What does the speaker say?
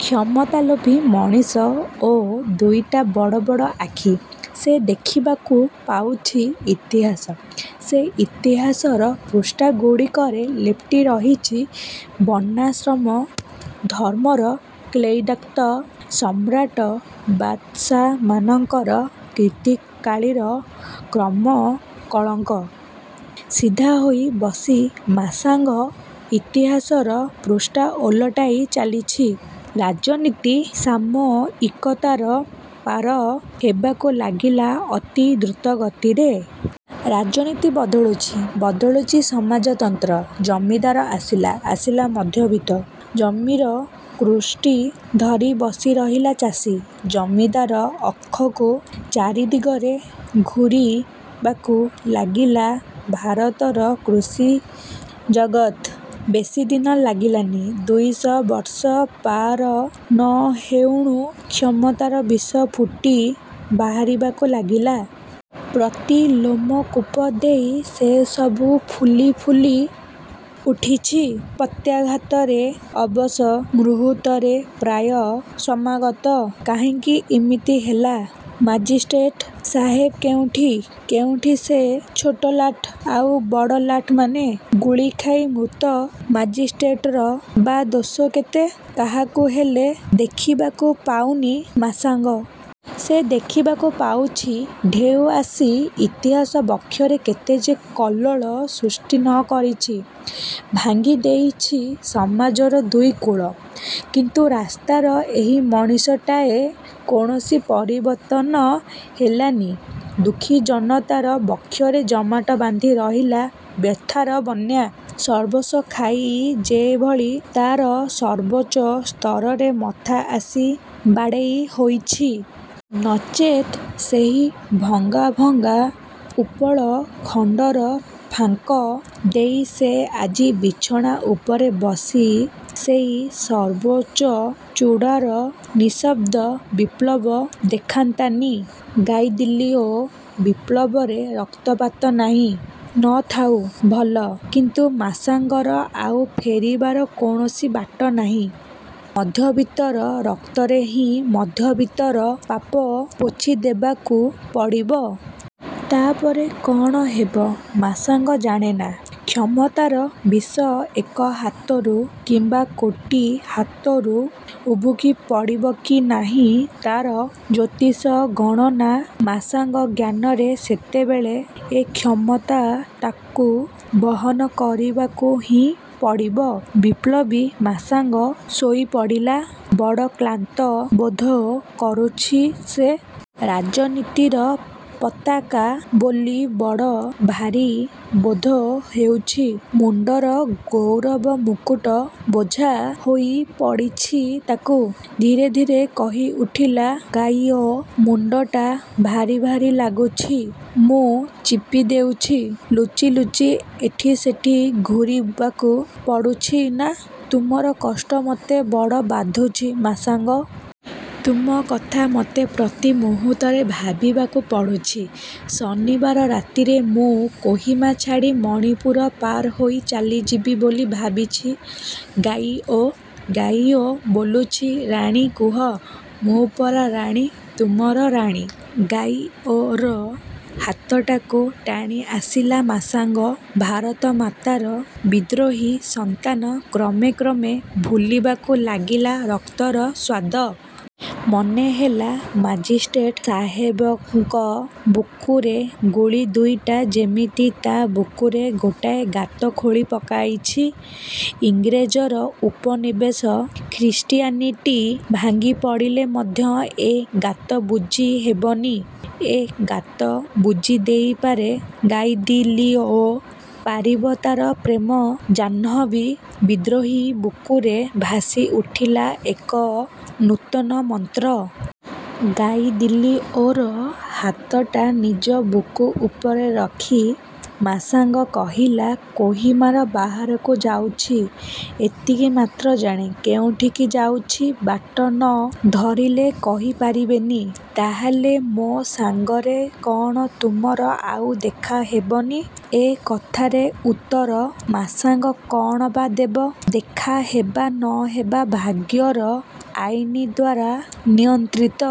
କ୍ଷମତାଲୋଭୀ ମଣିଷ ଓ ଦୁଇଟା ବଡ଼ ବଡ଼ ଆଖି। ସେ ଦେଖିବାକୁ ପାଉଛି ଇତିହାସ; ସେ ଇତିହାସର ପୃଷ୍ଠାଗୁଡ଼ିକରେ ଲେପ୍ଟି ରହିଛି ବର୍ଣ୍ଣାଶ୍ରମ ଧର୍ମର କ୍ଳେଦାକ୍ତ ସମ୍ରାଟ ବାଦଶାହମାନଙ୍କର କୀର୍ତ୍ତିକାଳିର କ୍ରମକଳଙ୍କ। ସିଧାହୋଇ ବସି ମାଶାଙ୍ଗ ଇତିହାସର ପୃଷ୍ଠା ଓଲଟାଇ ଚାଲିଛି। ରାଜନୀତି ସାମୟିକତାର ପାର ହେବାକୁ ଲାଗିଲା ଅତି ଦ୍ରୁତଗତିରେ। ରାଜନୀତି ବଦଳୁଛି, ବଦଳୁଛି ସମାଜତନ୍ତ୍ର। ଜମିଦାର ଆସିଲା, ଆସିଲା ମଧ୍ୟବିତ୍ତ। ଜମିର କୃଷ୍ଟି ଧରି ବସିରହିଲା ଚାଷୀ। ଜମିଦାର ଅକ୍ଷକୁ ଚାରିଦିଗରେ ଘୂରିବାକୁ ଲାଗିଲା ଭାରତର କୃଷି ଜଗତ୍। ବେଶୀଦିନ ଲାଗିଲାନି, ଦୁଇ ଶହ ବର୍ଷ ପାର ନ ହେଉଣୁ କ୍ଷମତାର ବିଷ ଫୁଟି ବାହାରିବାକୁ ଲାଗିଲା। ପ୍ରତି ଲୋମକୂପ ଦେଇ ସେସବୁ ଫୁଲି ଫୁଲି ଉଠିଛି। ପକ୍ଷାଘାତରେ ଅବଶ ମୁହୂର୍ତ୍ତରେ ପ୍ରାୟ ସମାଗତ। କାହିଁକି ଇମିତି ହେଲା? ମାଜିଷ୍ଟ୍ରେଟ ସାହେବ କେଉଁଠି? କେଉଁଠି ସେ ଛୋଟଲାଟ ଆଉ ବଡ଼ଲାଟମାନେ? ଗୁଳି ଖାଇ ମୃତ ମାଜିଷ୍ଟ୍ରେଟର ବା ଦୋଷ କେତେ? କାହାକୁ ହେଲେ ଦେଖିବାକୁ ପାଉନି ମାଶାଙ୍ଗ। ସେ ଦେଖିବାକୁ ପାଉଛି, ଢେଉ ଆସି ଇତିହାସ ବକ୍ଷରେ କେତେ ଯେ କଲ୍ଲୋଳ ସୃଷ୍ଟି ନ କରିଛି। ଭାଙ୍ଗିଦେଇଛି ସମାଜର ଦୁଇ କୂଳ! କିନ୍ତୁ ରାସ୍ତାର ଏହି ମଣିଷଟାଏ କୌଣସି ପରିବର୍ତ୍ତନ ହେଲାନି ଦୁଃଖୀ ଜନତାର ବକ୍ଷରେ ଜମାଟ ବାନ୍ଧି ରହିଲା ବ୍ୟଥାର ବନ୍ୟା। ସର୍ବସ୍ୱ ଖାଇ ଯେଭଳି ତାର ସର୍ବୋଚ୍ଚ ସ୍ତରରେ ମଥା ଆସି ବାଡ଼େଇ ହୋଇଛି। ନଚେତ୍ ସେଇ ଭଙ୍ଗା ଭଙ୍ଗା ଉପଳଖଣ୍ଡର ଫାଙ୍କ ଦେଇ ସେ ଆଜି ବିଛଣା ଉପରେ ବସି ସେଇ ସର୍ବୋଚ୍ଚ ଚୂଡ଼ାର ନିଃଶବ୍ଦ ବିପ୍ଳବ ଦେଖନ୍ତାନି। ଗାଇଦିଲିଓ ବିପ୍ଳବରେ ରକ୍ତପାତ ନାଇଁ। ନ ଥାଉ, ଭଲ। କିନ୍ତୁ ମାଶାଙ୍ଗର ଆଉ ଫେରିବାର କୌଣସି ବାଟ ନାହିଁ। ମଧ୍ୟବିତ୍ତର ରକ୍ତରେ ହିଁ ମଧ୍ୟବିତ୍ତର ପାପ ପୋଛିଦେବାକୁ ପଡ଼ିବ। ତା'ପରେ କ'ଣ ହେବ ମାଶାଙ୍ଗ ଜାଣେନା। କ୍ଷମତାର ବିଷ ଏକ ହାତରୁ କିମ୍ବା କୋଟି ହାତରୁ ଉବୁକି ପଡ଼ିବ କି ନାହିଁ, ତା'ର ଜ୍ୟୋତିଷଗଣନା ମାଶାଙ୍ଗ ଜ୍ଞାନରେ ସେତେବେଳେ ଏ କ୍ଷମତା ତାକୁ ବହନ କରିବାକୁ ହିଁ ପଡ଼ିବ। ବିପ୍ଳବୀ ମାଶାଙ୍ଗ ଶୋଇପଡ଼ିଲା। ବଡ଼ କ୍ଳାନ୍ତ ବୋଧ କରୁଛି ସେ। ରାଜନୀତିର ପତାକା ବୋଲି ବଡ଼ ଭାରୀ ବୋଧ ହେଉଛି। ମୁଣ୍ଡର ଗୌରବ ମୁକୁଟ ବୋଝା ହୋଇପଡ଼ିଛି ତାକୁ। ଧୀରେ ଧୀରେ କହିଉଠିଲା ଗାଇଓ, ମୁଣ୍ଡଟା ଭାରୀ ଭାରୀ ଲାଗୁଛି। ମୁଁ ଚିପି ଦେଉଛି। ଲୁଚି ଲୁଚି ଏଠି ସେଠି ଘୂରିବାକୁ ପଡ଼ୁଛି ନା! ତୁମର କଷ୍ଟ ମତେ ବଡ଼ ବାଧୁଛି ମାଶାଙ୍ଗ! ତୁମ କଥା ମତେ ପ୍ରତି ମୁହୂର୍ତ୍ତରେ ଭାବିବାକୁ ପଡ଼ୁଛି। ଶନିବାର ରାତିରେ ମୁଁ କୋହିମା ଛାଡ଼ି ମଣିପୁର ପାରହୋଇ ଚାଲିଯିବି ବୋଲି ଭାବିଛି ଗାଇଓ! ଗାଇଓ ବୋଲୁଛି ରାଣୀ କୁହ, ମୁଁ ପରା ରାଣୀ, ତୁମର ରାଣୀ! ଗାଇଓର ହାତଟାକୁ ଟାଣିଆସିଲା ମାଶାଙ୍ଗ। ଭାରତମାତାର ବିଦ୍ରୋହୀ ସନ୍ତାନ କ୍ରମେ କ୍ରମେ ଭୁଲିବାକୁ ଲାଗିଲା ରକ୍ତର ସ୍ୱାଦ। ମନେହେଲା, ମାଜିଷ୍ଟ୍ରେଟ ସାହେବଙ୍କ ବୁକୁରେ ଗୁଳି ଦୁଇଟା ଯେମିତି ତା ବୁକୁରେ ଗୋଟାଏ ଗାତ ଖୋଳି ପକାଇଛି। ଇଂରେଜର ଉପନିବେଶ ଖ୍ରୀଷ୍ଟିଆନିଟି ଭାଙ୍ଗିପଡ଼ିଲେ ମଧ୍ୟ ଏ ଗାତ ବୁଜି ହେବନି। ଏ ଗାତ ବୁଜି ଦେଇପାରେ ଗାଇଦିଲିଓ, ପାରିବ ତାର ପ୍ରେମ ଜାହ୍ନବୀ। ବିଦ୍ରୋହୀ ବୁକୁରେ ଭାସିଉଠିଲା ଏକ ନୂତନ ମନ୍ତ୍ର। ଗାଇଦିଲିଓର ହାତଟା ନିଜ ବୁକୁ ଉପରେ ରଖି ମାଶାଙ୍ଗ କହିଲା, କୋହିମାର ବାହାରକୁ ଯାଉଛି ଏତିକିମାତ୍ର ଜାଣେ। କେଉଁଠିକି ଯାଉଛି, ବାଟ ନ ଧରିଲେ କହି ପାରିବେନି। ତାହେଲେ ମୋ ସାଙ୍ଗରେ କ'ଣ ତୁମର ଆଉ ଦେଖାହେବନି! ଏ କଥାରେ ଉତ୍ତର ମାଶାଙ୍ଗ କ'ଣ ବା ଦେବ? ଦେଖା ହେବା ନ ହେବା ଭାଗ୍ୟର ଆଇନଦ୍ୱାରା ନିୟନ୍ତ୍ରିତ।